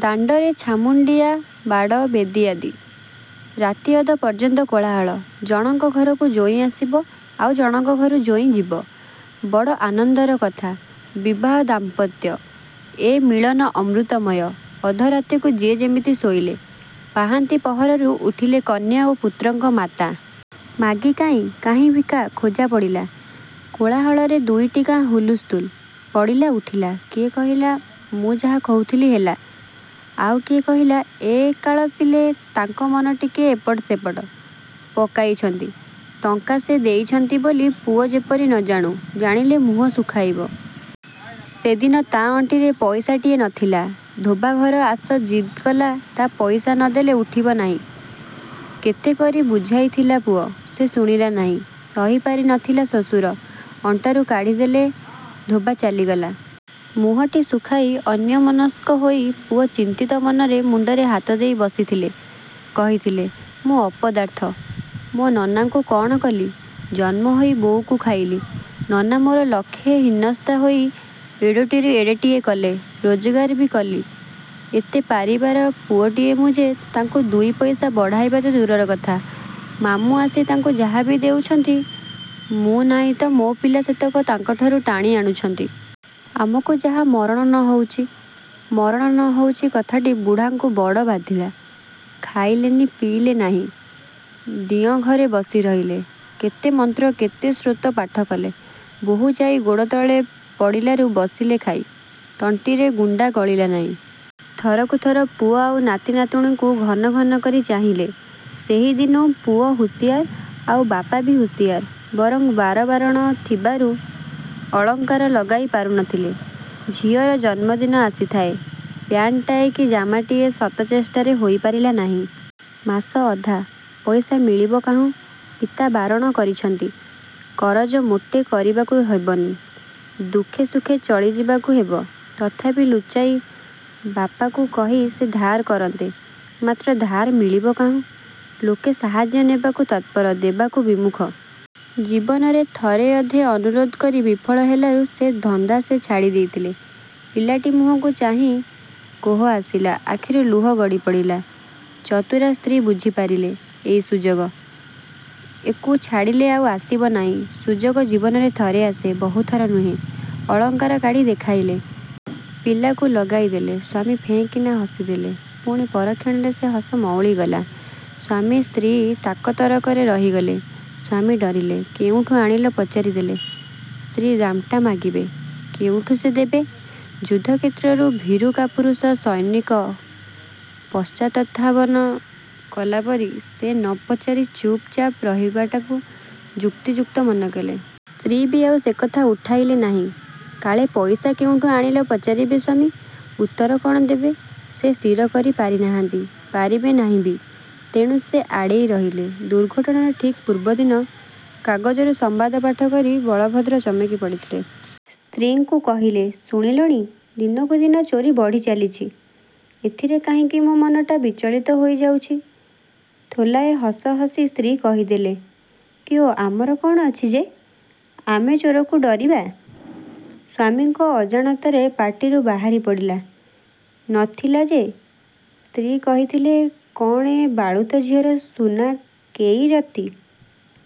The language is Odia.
ଦାଣ୍ତରେ ଛାମୁଣ୍ତିଆ, ବାଡ଼, ବେଦୀ ଆଦି। ରାତିଅଧ ପର୍ଯ୍ୟନ୍ତ କୋଳାହଳ। ଜଣଙ୍କ ଘରକୁ ଜୋଇଁ ଆସିବ ଆଉ ଜଣଙ୍କ ଘରୁ ଜୋଇଁ ଯିବ। ବଡ଼ ଆନନ୍ଦର କଥା। ବିବାହ ଦାମ୍ପତ୍ୟ। ଏ ମିଳନ ଅମୃତମୟ। ଅଧରାତିକୁ ଯିଏ ଯେମିତି ଶୋଇଲେ। ପାହାନ୍ତି ପହରରୁ ଉଠିଲେ କନ୍ୟା ଓ ପୁତ୍ରଙ୍କ ମାତା। 'ମାଗି' କାଇଁ? କାହିଁ 'ଭିକା'? ଖୋଜା ପଡ଼ିଲା। କୋଳାହଳରେ ଦୁଇଟି ଗାଁ ହୁଲସ୍ତୁଲ, ପଡ଼ିଲା ଉଠିଲା। କିଏ କହିଲା, 'ମୁଁ ଯାହା କହୁଥିଲି ହେଲା। ' ଆଉ କିଏ କହିଲା 'ଏ କାଳ ପିଲେ, ତାଙ୍କ ମନ ଟିକିଏ ଏପଟ ସେପଟ। ପକାଇଛନ୍ତି। ଟଙ୍କା ସେ ଦେଇଛନ୍ତି ବୋଲି ପୁଅ ଯେପରି ନ ଜାଣୁ, ଜାଣିଲେ ମୁହଁ ଶୁଖାଇବ। ସେଦିନ ତା ଅଣ୍ଟିରେ ପଇସାଟିଏ ନ ଥିଲା। ଧୋବାଘର ଆସ ଜିଦ୍ କଲା ତା ପଇସା ନ ଦେଲେ ଉଠିବ ନାହିଁ। କେତେ କରି ବୁଝାଇ ଥିଲା ପୁଅ। ସେ ଶୁଣିଲା ନାହିଁ। ସହି ପାରି ନ ଥିଲେ ଶ୍ୱଶୁର। ଅଣ୍ଟାରୁ କାଢ଼ି ଦେଲେ। ଧୋବା ଚାଲିଗଲା। ମୁହଁଟି ଶୁଖାଇ ଅନ୍ୟମନସ୍କ ହୋଇ ପୁଅ ଚିନ୍ତିତ ମନରେ ମୁଣ୍ତରେ ହାତ ଦେଇ ବସିଥିଲେ। କହିଥିଲେ—ମୁଁ ଅପଦାର୍ଥ, ମୋ ନନାଙ୍କୁ କଣ କଲି? ଜନ୍ମ ହୋଇ ବୋଉକୁ ଖାଇଲି। ନନା ମୋର ଲକ୍ଷେ ହିନସ୍ତା ହୋଇ ଏଡ଼ୋଟିରୁ ଏଡ଼େଟିଏ କଲେ। ରୋଜଗାର ବି କଲି। ଏତେ ପାରିବାର ପୁଅଟିଏ ମୁଁ ଯେ ତାଙ୍କୁ ଦୁଇ ପଇସା ବଢ଼ାଇବା ତ ଦୂରର କଥା, ମାମୁଁ ଆସି ତାଙ୍କୁ ଯାହା ବି ଦେଉଛନ୍ତି, ମୁଁ ନାହିଁ ତ ମୋ ପିଲେ ସେତକ ତାଙ୍କଠାରୁ ଟାଣି ଆଣୁଛନ୍ତି। ଆମକୁ ଯାହା ମରଣ ନ ହଉଚି। 'ମରଣ ନ ହଉଚି' କଥାଟି ବୁଢ଼ାଙ୍କୁ ବଡ଼ ବାଧିଲା। ଖାଇଲେ ନି, ପିଇଲେ ନାହିଁ। ଦିଅଁ ଘରେ ବସି ରହିଲେ। କେତେ ମନ୍ତ୍ର କେତେ ସ୍ତୋତ୍ର ପାଠ କଲେ। ବୋହୂ ଯାଇ ଗୋଡ଼ତଳେ ପଡ଼ିଲାରୁ ବସିଲେ ଖାଇ। ତଣ୍ଟିରେ ଗୁଣ୍ତା ଗଳିଲା ନାହିଁ। ଥରକୁ ଥର ପୁଅ ଆଉ ନାତି ନାତୁଣୀଙ୍କୁ ଘନ ଘନ କରି ଚାହିଁଲେ। ସେହିଦିନୁ ପୁଅ ହୁସିଆର, ଆଉ ବାପ ବି ହୁସିଆର। ବରଂ ବାର ବାରଣ ଥିବାରୁ ଅଳଙ୍କାର ଲଗାଇ ପାରୁ ନ ଥିଲେ। ଝିଅର ଜନ୍ମଦିନ ଆସିଥାଏ। ପ୍ୟାଣ୍ଟଟାଏ କି ଜାମାଟାଏ ଶତ ଚେଷ୍ଟାରେ ହୋଇ ପାରିଲା ନାହିଁ। ମାସ ଅଧା, ପଇସା ମିଳିବ କାହୁଁ? ପିତା ବାରଣ କରିଛନ୍ତି। କରଜ ମୋଟେ କରିବାକୁ ହେବନି। ଦୁଃଖେ ସୁଖେ ଚଳିଯିବାକୁ ହେବ। ତଥାପି ଲୁଚାଇ, ବାପକୁ କହି ସେ ଧାର କରନ୍ତେ। ମାତ୍ର ଧାର ମିଳିବ କାହୁଁ, ଲୋକେ ସାହାର୍ଯ୍ୟ ନେବାକୁ ତତ୍ପର, ଦବାକୁ ବିମୁଖ। ଜୀବନରେ ଥରେ ଅଧେ ଅନୁରୋଧ କରି ବିଫଳ ହେଲାରୁ ସେ ଧନ୍ଦା ସେ ଛାଡ଼ି ଦେଇଥିଲେ। ପିଲାଟି ମୁହଁକୁ ଚାହିଁ କୋହ ଆସିଲା, ଆଖିରୁ ଲୁହ ଗଡ଼ିପଡ଼ିଲା। ଚତୁରା ସ୍ତ୍ରୀ ବୁଝି ପାରିଲେ। ଏଇ ସୁଯୋଗ। ଏକୁ ଛାଡ଼ିଲେ ଆଉ ଆସିବ ନାହିଁ। ସୁଯୋଗ ଜୀବନରେ ଥରେ ଆସେ, ବହୁଥର ନୁହେଁ, ଅଳଙ୍କାର କାଢ଼ି ଦେଖାଇଲେ। ପିଲାକୁ ଲଗାଇ ଦେଲେ। ସ୍ୱାମୀ ଫେଁ କିନା ହସିଦେଲେ, ପୁଣି ପରକ୍ଷଣରେ ସେ ହସ ମଉଳିଗଲା। ସ୍ୱାମୀ, ସ୍ତ୍ରୀ ତାକତରକରେ ରହିଗଲେ। ସ୍ୱାମୀ ଡରିଲେ। କେଉଁଠୁ ଆଣିଲ ପଚାରି ଦେଲେ, ସ୍ତ୍ରୀ ଦାମ୍ଟା ମାଗିବେ, କେଉଁଠୁ ସେ ଦେବେ? ଯୁଦ୍ଧକ୍ଷେତ୍ରରୁ ଭୀରୁ କାପୁରୁଷ ସୈନିକ ପଶ୍ଚାତ୍ଧାବନ କଲାପରି, ସେ ନ ପଚାରି ଚୁପ୍ ଚାପ୍ ରହିବାଟାକୁ ଯୁକ୍ତିଯୁକ୍ତ ମନେକଲେ। ସ୍ତ୍ରୀ ବି ଆଉ ସେକଥା ଉଠାଇଲେ ନାହିଁ। କାଳେ ପଇସା କେଉଁଠୁ ଆଣିଲ ପଚାରିବେ ସ୍ୱାମୀ। ଉତ୍ତର କ'ଣ ଦେବେ ସେ ସ୍ଥିର କରି ପାରିନାହନ୍ତି। ପାରିବେ ନାହିଁ ବି। ତେଣୁ ସେ ଆଡ଼େଇ ରହିଲେ। ଦୁର୍ଘଟଣାର ଠିକ୍ ପୂର୍ବଦିନ। କାଗଜରୁ ସମ୍ବାଦ ପାଠ କରି ବଳଭଦ୍ର ଚମକି ପଡ଼ିଥିଲେ। ସ୍ତ୍ରୀଙ୍କୁ କହିଲେ—ଶୁଣିଲଣି! ଦିନକୁ ଦିନ ଚୋରି ବଢ଼ି ଚାଲିଛି। ଏଥିରେ କାହିଁକି ମୋ ମନଟା ବିଚଳିତ ହୋଇ ଯାଉଛି। ଥୋଲାଏ ହସ ହସି ସ୍ତ୍ରୀ କହିଦେଲେ—କିଓ ଆମର କଣ ଅଛି ଯେ, ଆମେ ଚୋରକୁ ଡରିବା! ସ୍ୱାମୀଙ୍କ ଅଜାଣତରେ ପାଟିରୁ ବାହାରି ପଡ଼ିଲା—ନ ଥିଲା ଯେ, ସ୍ତ୍ରୀ କହିଥିଲେ—କ'ଣ ଏ ବାଳୁତ ଝିଅର ସୁନା କେଇ ରତି?